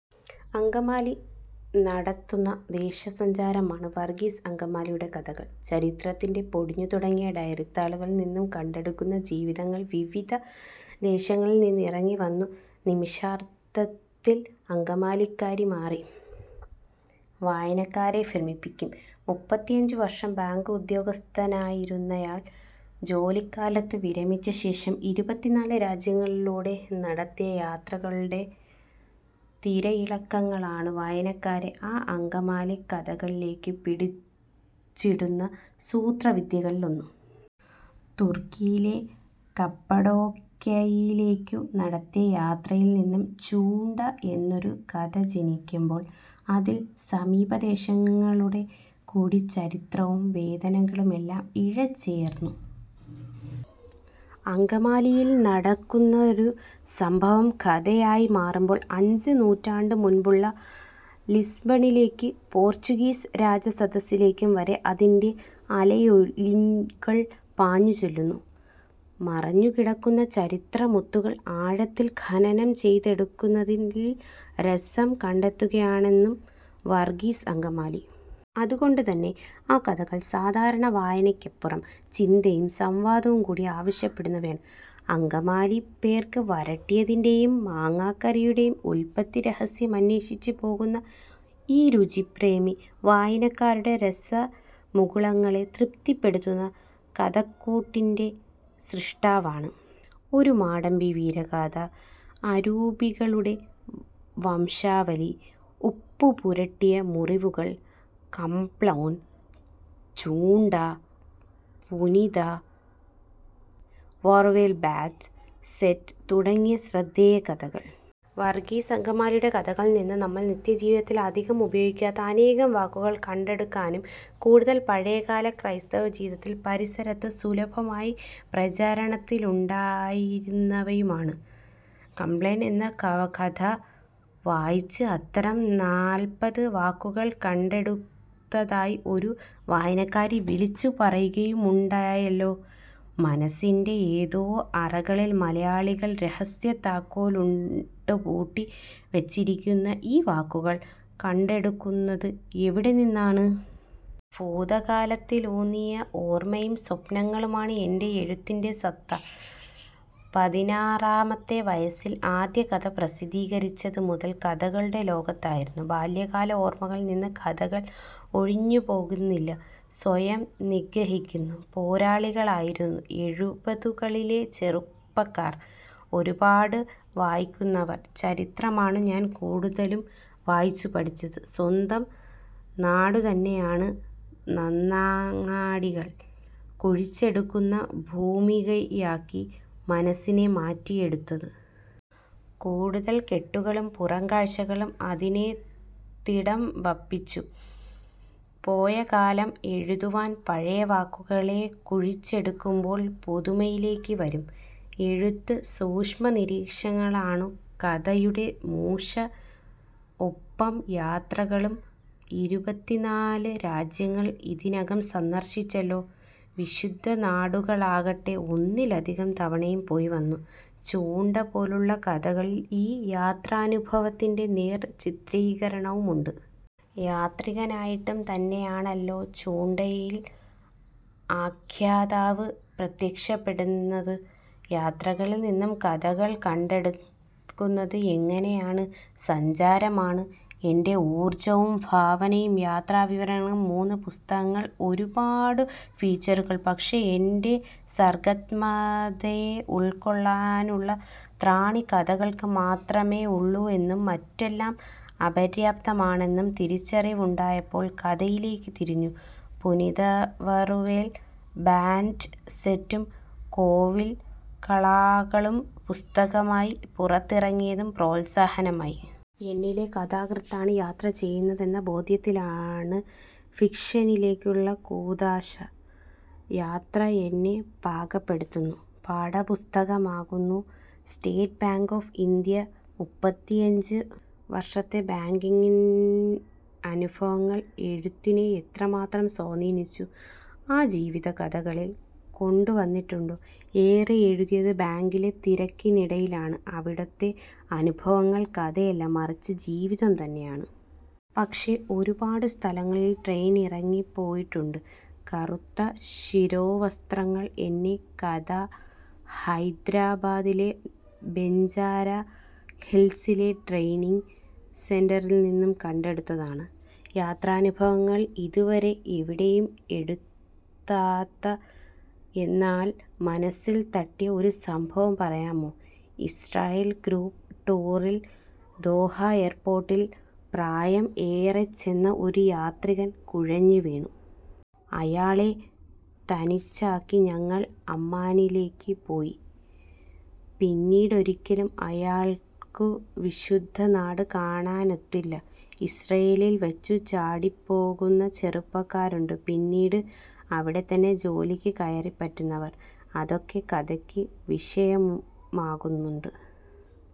അങ്കമാലി നടത്തുന്ന ദേശാന്തരസഞ്ചാരമാണ് വർഗീസ് അങ്കമാലിയുടെ കഥകൾ. ചരിത്രത്തിൻ്റെ പൊടിഞ്ഞു തുടങ്ങിയ ഡയറിത്താളുകളിൽനിന്നു കണ്ടെടുക്കുന്ന ജീവിതങ്ങൾ വിവിധ ദേശങ്ങളിൽ നിന്നിറങ്ങി വന്നു നിമിഷാർധത്തിൽ അങ്കമാലിക്കാരായി മാറി വായനക്കാരെ ഭ്രമിപ്പിക്കും. മുപ്പത്തിഅഞ്ച് വർഷം ബാങ്ക് ഉദ്യോഗസ്ഥനായിരുന്നയാൾ ജോലിക്കാലത്തും വിരമിച്ച ശേഷവും ഇരുപത്തിനാല് രാജ്യങ്ങളിലൂടെ നടത്തിയ യാത്രകളുടെ തിരയിളക്കങ്ങളാണു വായനക്കാരെ ആ അങ്കമാലിക്കഥകളിലേക്കു പിടിച്ചിടുന്ന സൂത്രവിദ്യകളിലൊന്ന്. തുർക്കിയിലെ കപ്പഡോക്യയിലേക്കു നടത്തിയ യാത്രയിൽനിന്നു ‘ചൂണ്ട’ എന്നൊരു കഥ ജനിക്കുമ്പോൾ അതിൽ സമീപദേശങ്ങളുടെ കൂടി ചരിത്രവും വേദനകളുമെല്ലാം ഇഴചേർന്നിരിക്കും. അങ്കമാലിയിൽ നടക്കുന്നൊരു സംഭവം കഥയായി മാറുമ്പോൾ അഞ്ചു നൂറ്റാണ്ടു മുൻപുള്ള ലിസ്ബണിലേക്കും പോർച്ചുഗീസ് രാജസദസ്സിലേക്കും വരെ അതിൻ്റെ അലയൊലികൾ പാഞ്ഞുചെല്ലും. മറഞ്ഞു കിടക്കുന്ന ചരിത്രമുത്തുകൾ ആഴത്തിൽ ഖനനം ചെയ്തെടുക്കുന്നതിൽ രസം കണ്ടെത്തുന്നയാളാണു വർഗീസ് അങ്കമാലി. അതുകൊണ്ടുതന്നെ ആ കഥകൾ സാധാരണ വായനയ്ക്കപ്പുറം ചിന്തയും സംവാദവും കൂടി ആവശ്യപ്പെടുന്നവയാണ്. അങ്കമാലി പോർക്ക് വരട്ടിയതിൻ്റെയും മാങ്ങാക്കറിയുടെയും ഉൽപത്തിരഹസ്യമന്വേഷിച്ചു പോകുന്ന ഈ രുചിപ്രേമി വായനക്കാരുടെ രസമുകുളങ്ങളെ തൃപ്തിപ്പെടുത്തുന്ന കഥക്കൂട്ടിൻ്റെ സ്രഷ്ടാവാണ്. ഒരു മാടമ്പി വീരഗാഥ, അരൂപികളുടെ വംശാവലി, ഉപ്പുപുരട്ടിയ മുറിവുകൾ, കപ്ലോൻ, ചൂണ്ട, പുനിത വറുവേൽ ബാൻ്റ് സെറ്റ് തുടങ്ങിയവ ശ്രദ്ധേയ കഥകൾ. വർഗീസ് അങ്കമാലിയുടെ കഥകളിൽനിന്ന് നമ്മൾ നിത്യ ജീവിതത്തിൽ അധികം പ്രയോഗിക്കാത്ത അനേകം വാക്കുകൾ കണ്ടെടുക്കാനാകും. കൂടുതലും പഴയകാല ക്രൈസ്തവ ജീവിത പരിസരത്ത് സുലഭമായി പ്രചാരത്തിലുണ്ടായിരുന്നവയുമാണ്. ‘കപ്ലോൻ’ എന്ന കഥ വായിച്ച് അത്തരം നാൽപത് വാക്കുകൾ കണ്ടെടുത്തതായി ഒരു വായനക്കാരി വിളിച്ചു പറയുകയുമുണ്ടായല്ലോ. മനസ്സിൻ്റെ ഏതോ അറകളിൽ മലയാളി രഹസ്യത്താക്കോലിട്ടു പൂട്ടി വച്ചിരിക്കുന്ന ഈ വാക്കുകൾ കണ്ടെടുക്കുന്നത് എവിടെനിന്നാണ്? ഭൂതകാലത്തിലൂന്നിയ ഓർമയും സ്വപ്നങ്ങളുമാണ് എൻ്റെ എഴുത്തിൻ്റെ സത്ത. പതിനാറാമത്തെ വയസ്സിൽ ആദ്യകഥ പ്രസിദ്ധീകരിച്ചതു മുതൽ കഥകളുടെ ലോകത്തായിരുന്നു. ബാല്യകാല ഓർമകളിൽനിന്ന് കഥകൾ ഒഴിഞ്ഞുപോകുന്നില്ല. സ്വയം നിഗ്രഹിക്കുന്ന പോരാളികളായിരുന്നു എഴുപതുകളിലെ ചെറുപ്പക്കാർ. ഒരുപാടു വായിക്കുന്നവർ. ചരിത്രമാണു ഞാൻ കൂടുതലും വായിച്ചു പഠിച്ചത്. സ്വന്തം നാടുതന്നെയാണ് നന്നങ്ങാടികൾ കുഴിച്ചെടുക്കുന്ന ഭൂമികയാക്കി മനസ്സിനെ മാറ്റിയെടുത്തത്. കൂട്ടുകെട്ടുകളും പുറംകാഴ്ചകളും അതിനെ തിടം വപ്പിച്ചു. പോയകാലം എഴുതുവാൻ പഴയവാക്കുകളെ കുഴിച്ചെടുക്കുമ്പോൾ പുതുമയിലേക്കു വരും, എഴുത്ത്. സൂക്ഷ്മനിരീക്ഷണങ്ങളാണു കഥയുടെ മൂശ, ഒപ്പം യാത്രകളും. ഇരുപത്തിനാല് രാജ്യങ്ങൾ ഇതിനകം സന്ദർശിച്ചല്ലോ. വിശുദ്ധനാടുകളാകട്ടെ ഒന്നിലധികം തവണയും പോയി വന്നു. 'ചൂണ്ട' പോലുള്ള കഥകളിൽ ഈ യാത്രാനുഭവത്തിൻ്റെ നേർ ചിത്രീകരണവുമുണ്ട്. യാത്രികനായിട്ടു തന്നെയാണല്ലോ ചൂണ്ടയിൽ ആഖ്യാതാവ് പ്രത്യക്ഷപ്പെടുന്നത്. യാത്രകളിൽ നിന്നു കഥകൾ കണ്ടെടുക്കുന്നത് എങ്ങനെയാണ്? സഞ്ചാരമാണ് എൻ്റെ ഊർജവും ഭാവനയും. യാത്രാവിവരണങ്ങളുടെ മൂന്നു പുസ്തകങ്ങൾ. ഒരുപാടു ഫീച്ചറുകൾ. പക്ഷേ, എൻ്റെ സർഗാത്മകതയെ ഉൾക്കൊള്ളാനുള്ള ത്രാണി കഥകൾക്കു മാത്രമേ ഉള്ളുവെന്നും മറ്റെല്ലാം അപര്യാപ്തമാണെന്നും തിരിച്ചറിവുണ്ടായപ്പോൾ കഥയിലേക്കു തിരിഞ്ഞു. പുനിതവറുവേൽ ബാൻ്റ് സെറ്റും കോവിൽകാളകളും പുസ്തകമായി പുറത്തിറങ്ങിയതു പ്രോത്സാഹനമായി. എന്നിലെ കഥാകൃത്താണ് യാത്ര ചെയ്യുന്നതെന്ന ബോധ്യത്തിലാണ് ഫിക്ഷനിലേക്കുള്ള കൂദാശ. യാത്ര എന്നെ പാകപ്പെടുത്തുന്നു, പാഠപുസ്തകമാകുന്നു. സ്റ്റേറ്റ് ബാങ്ക് ഓഫ് ഇന്ത്യയിലെ മുപ്പത്തിഅഞ്ച് വർഷത്തെ ബാങ്കിങ് അനുഭവങ്ങൾ എഴുത്തിനെ എത്ര മാത്രം സ്വാധീനിച്ചു. ആ ജീവിതം കഥകളിൽ കൊണ്ടുവന്നിട്ടുണ്ടോ? ഏറെ എഴുതിയത് ബാങ്കിലെ തിരക്കിനിടയിലാണ്. അവിടുത്തെ അനുഭവങ്ങൾ കഥയല്ല, മറിച്ചു ജീവിതം തന്നെയാണ്. പക്ഷേ, ഒരുപാടു സ്ഥലങ്ങളിൽ ട്രെയിനിങ്ങിനായി പോയിട്ടുണ്ട്. 'കറുത്ത ശിരോവസ്ത്രങ്ങൾ ' എന്ന കഥ ഹൈദരാബാദിലെ ബെഞ്ചാര ഹിൽസിലെ ട്രെയിനിങ് സെൻ്ററിൽനിന്നു കണ്ടെടുത്തതാണ്. യാത്രാനുഭവങ്ങളിൽ ഇതുവരെ എവിടെയും എഴുതാത്ത, എന്നാൽ മനസ്സിൽ തട്ടിയ ഒരു സംഭവം പറയാമോ? ഇസ്രയേൽ ഗ്രൂപ്പ് ടൂറിൽ ദോഹ എയർപോർട്ടിൽ പ്രായം ഏറെച്ചെന്ന ഒരു യാത്രികൻ കുഴഞ്ഞു വീണു. അയാളെ തനിച്ചാക്കി ഞങ്ങൾ അമ്മാനിലേക്കു പോയി. പിന്നീടൊരിക്കലും അയാൾക്കു വിശുദ്ധനാട് കാണാനൊത്തില്ല. ഇസ്രയേലിൽ വച്ചു ചാടിപ്പോകുന്ന ചെറുപ്പക്കാരുണ്ട്. പിന്നീട് അവിടെത്തന്നെ ജോലിക്ക് കയറിപ്പറ്റുന്നവർ. അതൊക്കെ കഥയ്ക്കു വിഷയമാകുന്നുണ്ട്.